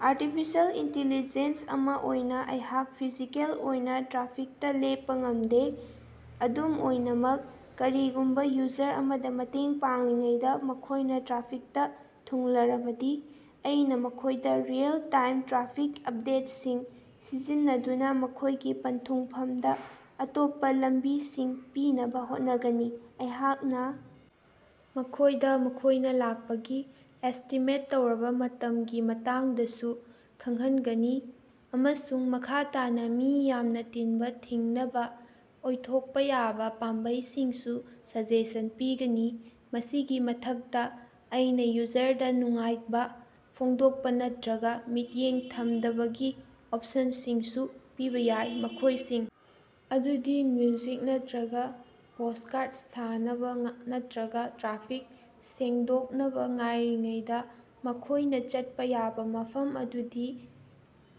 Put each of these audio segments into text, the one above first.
Artificial intelligence ꯑꯃꯥ ꯑꯣꯏꯅꯥ ꯑꯩꯍꯥꯛ ꯐꯤꯖꯤꯀꯦꯜ ꯑꯣꯏꯅꯥ ꯇ꯭ꯔꯥꯐꯤꯛꯇꯥ ꯂꯦꯞꯄꯥ ꯉꯝꯗꯦ꯫ ꯑꯗꯨꯝ ꯑꯣꯏꯅꯃꯛ, ꯀꯔꯤꯒꯨꯝꯕꯥ ꯌꯨꯖꯔ ꯑꯃꯗꯥ ꯃꯇꯦꯡ ꯄꯥꯡꯂꯤꯉꯩꯗꯥ ꯃꯈꯣꯏꯅꯥ ꯇ꯭ꯔꯥꯐꯤꯛꯇꯥ ꯊꯨꯡꯂꯔꯕꯗꯤ, ꯑꯩꯅꯥ ꯃꯈꯣꯏꯗꯥ ꯔꯤꯑꯦꯜ-ꯇꯥꯏꯝ ꯇ꯭ꯔꯥꯐꯤꯛ ꯑꯞꯗꯦꯠꯁꯤꯡ ꯁꯤꯖꯤꯟꯅꯗꯨꯅꯥ ꯃꯈꯣꯏꯒꯤ ꯄꯟꯊꯨꯡꯐꯝꯗꯥ ꯑꯇꯣꯞꯄꯥ ꯂꯝꯕꯤꯁꯤꯡ ꯄꯤꯅꯕꯥ ꯍꯣꯠꯅꯒꯅꯤ꯫ ꯑꯩꯍꯥꯛꯅꯥ ꯃꯈꯣꯏꯗꯥ ꯃꯈꯣꯏꯅꯥ ꯂꯥꯛꯄꯒꯤ ꯑꯦꯁꯇꯤꯃꯦꯠ ꯇꯧꯔꯕꯥ ꯃꯇꯝꯒꯤ ꯃꯇꯥꯡꯗꯁꯨ ꯈꯪꯍꯟꯒꯅꯤ ꯑꯃꯁꯨꯡ ꯃꯈꯥ ꯇꯥꯅꯥ ꯃꯤ ꯌꯥꯝꯅꯥ ꯇꯤꯟꯕꯥ ꯊꯤꯡꯅꯕꯥ ꯑꯣꯏꯊꯣꯛꯄꯥ ꯌꯥꯕꯥ ꯄꯥꯝꯕꯩꯁꯤꯡꯁꯨ ꯁꯖꯦꯁꯟ ꯄꯤꯒꯅꯤ꯫ ꯃꯁꯤꯒꯤ ꯃꯊꯛꯇꯥ, ꯑꯩꯅꯥ ꯌꯨꯖꯔꯗꯥ ꯅꯨꯡꯉꯥꯏꯕꯥ ꯐꯣꯡꯗꯣꯛꯄꯥ ꯅꯠꯇ꯭ꯔꯒꯥ ꯃꯤꯠꯌꯦꯡ ꯊꯝꯗꯕꯒꯤ ꯑꯣꯞꯁꯟꯁꯤꯡꯁꯨ ꯄꯤꯕꯥ ꯌꯥꯏ, ꯃꯈꯣꯏꯁꯤꯡ ꯑꯗꯨꯗꯤ ꯃ꯭ꯌꯨꯖꯤꯛ ꯅꯠꯇ꯭ꯔꯒꯥ ꯄꯣꯠꯀꯥꯁ ꯁꯥꯟꯅꯕꯥ ꯅꯠꯇ꯭ꯔꯒꯥ ꯇ꯭ꯔꯥꯐꯤꯛ ꯁꯦꯡꯗꯣꯛꯅꯕꯥ ꯉꯥꯏꯔꯤꯉꯩꯗꯥ ꯃꯈꯣꯏꯅꯥ ꯆꯠꯄꯥ ꯌꯥꯕꯥ ꯃꯐꯝ ꯑꯗꯨꯒꯤ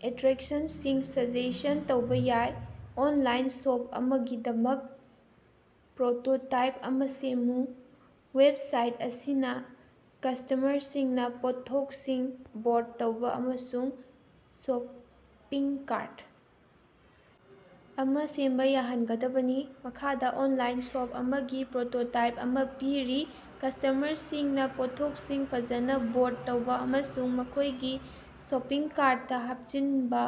ꯑꯦꯇ꯭ꯔꯦꯛꯁꯟꯁꯤꯡ ꯁꯖꯦꯁꯟ ꯇꯧꯕꯥ ꯌꯥꯏ꯫ ꯑꯣꯟꯂꯥꯏꯟ ꯁꯣꯞ ꯑꯃꯒꯤꯗꯃꯛ ꯄ꯭ꯔꯣꯇꯣꯇꯥꯏꯞ ꯑꯃꯥ ꯁꯦꯝꯃꯨ꯫ ꯋꯦꯕꯁꯥꯏꯠ ꯑꯁꯤꯅꯥ ꯀꯁ꯭ꯇꯃꯔꯁꯤꯡꯅꯥ ꯄꯣꯠꯊꯣꯛꯁꯤꯡ ꯕ꯭ꯔꯣꯠ ꯇꯧꯕꯥ ꯑꯃꯁꯨꯡ ꯁꯣꯄꯤꯡ ꯀꯥꯔꯠ ꯑꯃꯥ ꯁꯦꯝꯕꯥ ꯌꯥꯍꯟꯒꯗꯕꯅꯤ꯫ ꯃꯈꯥꯗꯥ ꯑꯣꯅꯂꯥꯏꯟ ꯁꯣꯞ ꯑꯃꯒꯤ ꯄ꯭ꯔꯣꯇꯣꯇꯥꯏꯞ ꯑꯃꯥ ꯄꯤꯔꯤ꯫ ꯀꯁ꯭ꯇꯃꯔꯁꯤꯡꯅꯥ ꯄꯣꯠꯊꯣꯛꯁꯤꯡ ꯐꯖꯅꯥ ꯕ꯭ꯔꯣꯗ ꯇꯧꯕꯥ ꯑꯃꯁꯨꯡ ꯃꯈꯣꯏꯒꯤ ꯁꯣꯄꯤꯡ ꯀꯥꯔꯠꯇꯥ ꯍꯥꯞꯆꯤꯟꯕꯥ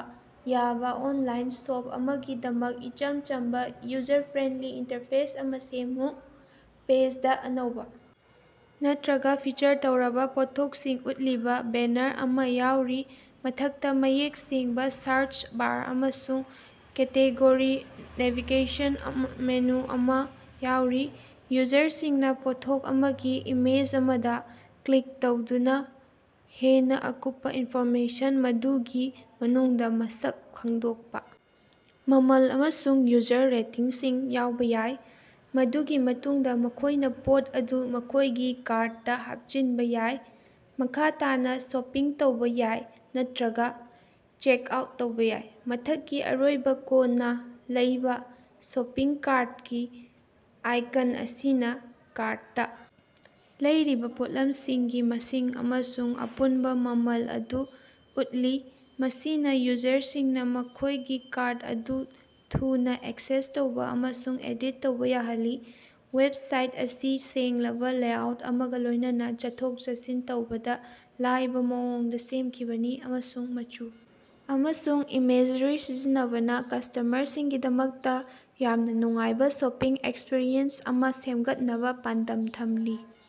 ꯌꯥꯕꯥ ꯑꯣꯅꯂꯥꯏꯟ ꯁꯣꯞ ꯑꯃꯒꯤꯗꯃꯛ ꯏꯆꯝ ꯆꯝꯕꯥ, ꯌꯨꯖꯔ ꯐ꯭ꯔꯦꯟꯗꯂꯤ ꯏꯟꯇꯔꯐꯦꯁ ꯑꯃꯥ ꯁꯦꯝꯃꯨ꯫ ꯄꯦꯖꯗꯥ ꯑꯅꯧꯕꯥ ꯅꯠꯇ꯭ꯔꯒꯥ ꯐꯤꯆꯔ ꯇꯧꯔꯕꯥ ꯄꯣꯠꯊꯣꯛꯁꯤꯡ ꯎꯠꯂꯤꯕꯥ ꯕꯦꯅꯥꯔ ꯑꯃꯥ ꯌꯥꯎꯔꯤ, ꯃꯊꯛꯇꯥ ꯃꯌꯦꯛ ꯁꯦꯡꯕꯥ ꯁꯥꯔꯆ ꯕꯥꯔ ꯑꯃꯁꯨꯡ ꯀꯦꯇꯦꯒꯣꯔꯤ ꯅꯦꯚꯤꯒꯦꯁꯟ ꯃꯦꯅꯨ ꯑꯃꯥ ꯌꯥꯎꯔꯤ꯫ ꯌꯨꯖꯔꯁꯤꯡꯅꯥ ꯄꯣꯠꯊꯣꯛ ꯑꯃꯒꯤ ꯏꯃꯦꯖ ꯑꯃꯗꯥ ꯀ꯭ꯂꯤꯛ ꯇꯧꯗꯨꯅꯥ ꯍꯦꯟꯅꯥ ꯑꯀꯨꯞꯄꯥ ꯏꯟꯐꯣꯔꯃꯦꯁꯟ, ꯃꯗꯨꯒꯤ ꯃꯅꯨꯡꯗꯥ ꯃꯁꯛ ꯈꯪꯗꯣꯛꯄꯥ, ꯃꯃꯜ, ꯑꯃꯁꯨꯡ ꯌꯨꯖꯔ ꯔꯦꯇꯤꯡꯁꯤꯡ ꯌꯥꯎꯕꯥ ꯌꯥꯏ꯫ ꯃꯗꯨꯒꯤ ꯃꯇꯨꯡꯗꯥ ꯃꯈꯣꯏꯅꯥ ꯄꯣꯠ ꯑꯗꯨ ꯃꯈꯣꯏꯒꯤ ꯀꯥꯔꯗꯇꯥ ꯍꯥꯞꯆꯤꯟꯕꯥ ꯌꯥꯏ, ꯃꯈꯥ ꯇꯥꯅꯥ ꯁꯣꯄꯤꯡ ꯇꯧꯕꯥ ꯌꯥꯏ ꯅꯠꯇ꯭ꯔꯒꯥ ꯆꯦꯛꯑꯥꯎꯠ ꯇꯧꯕꯥ ꯌꯥꯏ꯫ ꯃꯊꯛꯀꯤ ꯑꯔꯣꯏꯕꯥ ꯀꯣꯟꯅꯥ ꯂꯩꯕꯥ ꯁꯣꯄꯤꯡ ꯀꯥꯔꯠꯀꯤ ꯑꯥꯏꯀꯟ ꯑꯁꯤꯅꯥ ꯀꯥꯔꯠꯇꯥ ꯂꯩꯔꯤꯕꯥ ꯄꯣꯠꯂꯝꯁꯤꯡꯒꯤ ꯃꯁꯤꯡ ꯑꯃꯁꯨꯡ ꯑꯄꯨꯟꯕꯥ ꯃꯃꯜ ꯑꯗꯨ ꯎꯠꯂꯤ, ꯃꯁꯤꯅꯥ ꯌꯨꯖꯔꯁꯤꯡꯅꯥ ꯃꯈꯣꯏꯒꯤ ꯀꯥꯔꯠ ꯑꯗꯨ ꯊꯨꯅꯥ ꯑꯦꯛꯁꯦꯁ ꯇꯧꯕꯥ ꯑꯃꯁꯨꯡ ꯑꯦꯗꯤꯠ ꯇꯧꯕꯥ ꯌꯥꯍꯜꯂꯤ꯫ ꯋꯦꯕꯁꯥꯏꯠ ꯑꯁꯤ ꯁꯦꯡꯂꯕꯥ ꯂꯦꯑꯥꯎꯠ ꯑꯃꯒꯥ ꯂꯣꯏꯅꯅꯥ ꯆꯠꯊꯣꯛ-ꯆꯠꯁꯤꯟ ꯇꯧꯕꯗꯥ ꯂꯥꯏꯕꯥ ꯃꯑꯣꯡꯗꯥ ꯁꯦꯝꯈꯤꯕꯅꯤ, ꯑꯃꯁꯨꯡ ꯃꯆꯨ ꯑꯃꯁꯨꯡ ꯏꯃꯦꯖꯔꯤ ꯁꯤꯖꯤꯟꯅꯕꯅꯥ ꯀꯁ꯭ꯇꯃꯔꯁꯤꯡꯒꯤꯗꯃꯛꯇꯥ ꯌꯥꯝꯅꯥ ꯅꯨꯡꯉꯥꯏꯕꯥ ꯁꯣꯄꯤꯡ ꯑꯦꯛꯁꯄ꯭ꯔꯤꯌꯦꯟꯁ ꯑꯃꯥ ꯁꯦꯝꯒꯠꯅꯕꯥ ꯄꯥꯟꯗꯝ ꯊꯝꯂꯤ꯫